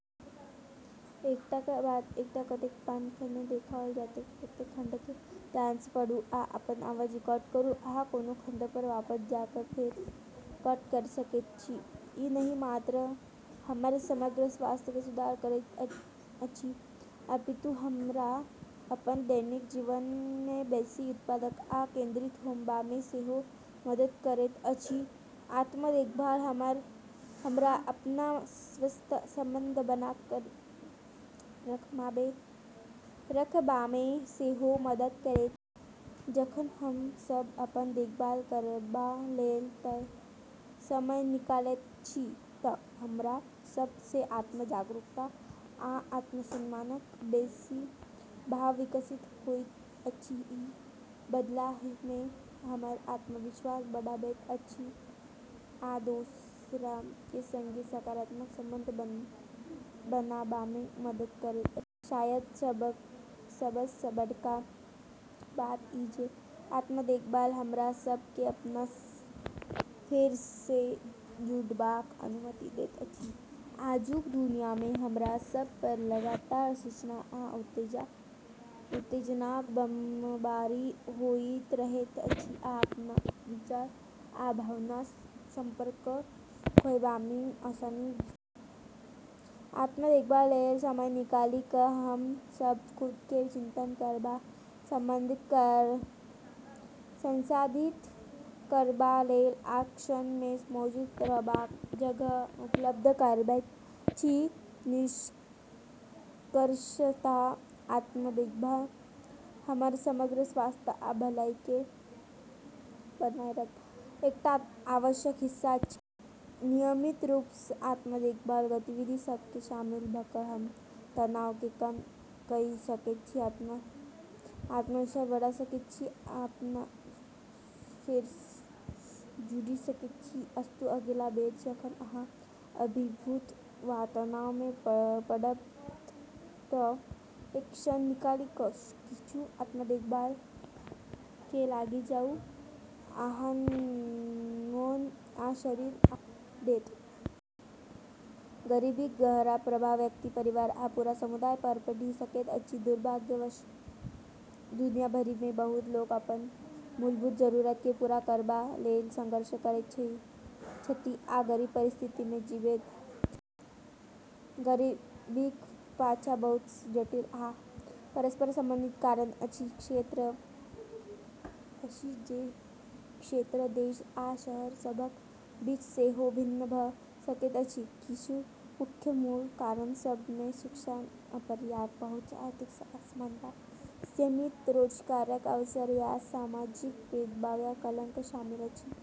ई नहि मात्र हमर समग्र स्वास्थ्य मे सुधार करैत अछि, अपितु हमरा अपन दैनिक जीवन मे बेसी उत्पादक आ केंद्रित होएबामे सेहो मदद करैत अछि। आत्म-देखभाल हमरा अपना सँ स्वस्थ संबंध बना कऽ रखबामे सेहो मदद करैत अछि। जखन हम सभ अपन देखभाल करबा लेल समय निकालैत छी तँ हमरा सभ मे आत्म-जागरूकता आ आत्मसम्मानक बेसी भाव विकसित होइत अछि। ई बदला मे हमर आत्मविश्वास बढ़ाबैत अछि आ दोसरा केँ संगे सकारात्मक संबंध बनाबामे मदद करैत अछि। शायद सबसँ बड़का बात ई जे आत्म-देखभाल हमरा सभ केँ अपना सँ फेर सँ जुड़बाक अनुमति दैत अछि। आजुक दुनिया मे हमरा सभ पर लगातार सूचना आ उत्तेजनाक बमबारी होइत रहैत अछि, आ अपन विचार आ भावना सँ संपर्क खोएबामे आसानी भऽ सकैत अछि। आत्म-देखभाल लेल समय निकालि कऽ हम सब खुद केँ चिंतन करबा लेल, संसाधित करबा लेल आ क्षण मे मौजूद रहबाक जगह उपलब्ध करबैत छी। निष्कर्षतः, आत्म-देखभाल हमर समग्र स्वास्थ्य आ भलाइ केँ बनाए रखबाक एकटा आवश्यक हिस्सा अछि। नियमित रूप सँ आत्म-देखभाल गतिविधि सभ मे शामिल भऽ कऽ हम तनाव केँ कम कइ सकैत छी, अपन आत्मविश्वास बढ़ा सकैत छी आ अपना सँ फेर सँ जुड़ि सकैत छी। अस्तु अगिला बेर जखन अहाँ अभिभूत वा तनाव मे पड़ब तँ एक क्षण निकालि कऽ किछु आत्म-देखभाल मे लागि जाउ - अहाँक मोन आ शरीर अहाँ केँ धन्यवाद देत। गरीबीक गहरा प्रभाव व्यक्ति, परिवार आ पूरा समुदाय पर पड़ि सकैत अछि। दुर्भाग्यवश दुनिया भरि मे बहुत लोक अपन मूलभूत जरूरत केँ पूरा करबा लेल संघर्ष करैत छथि आ गरीब परिस्थिति मे जीबैत छथि। गरीबीक पाछाँ बहुत सँ जटिल आ परस्पर संबंधित कारण अछि जे क्षेत्र, देश, आ शहर सभक बीच सेहो भिन्न भऽ सकैत अछि। किछु मुख्य मूल कारण सभ मे शिक्षाक अपर्याप्त पहुँच, आर्थिक असमानता, सीमित रोजगारक अवसर, आ सामाजिक भेदभाव या कलंक शामिल अछि।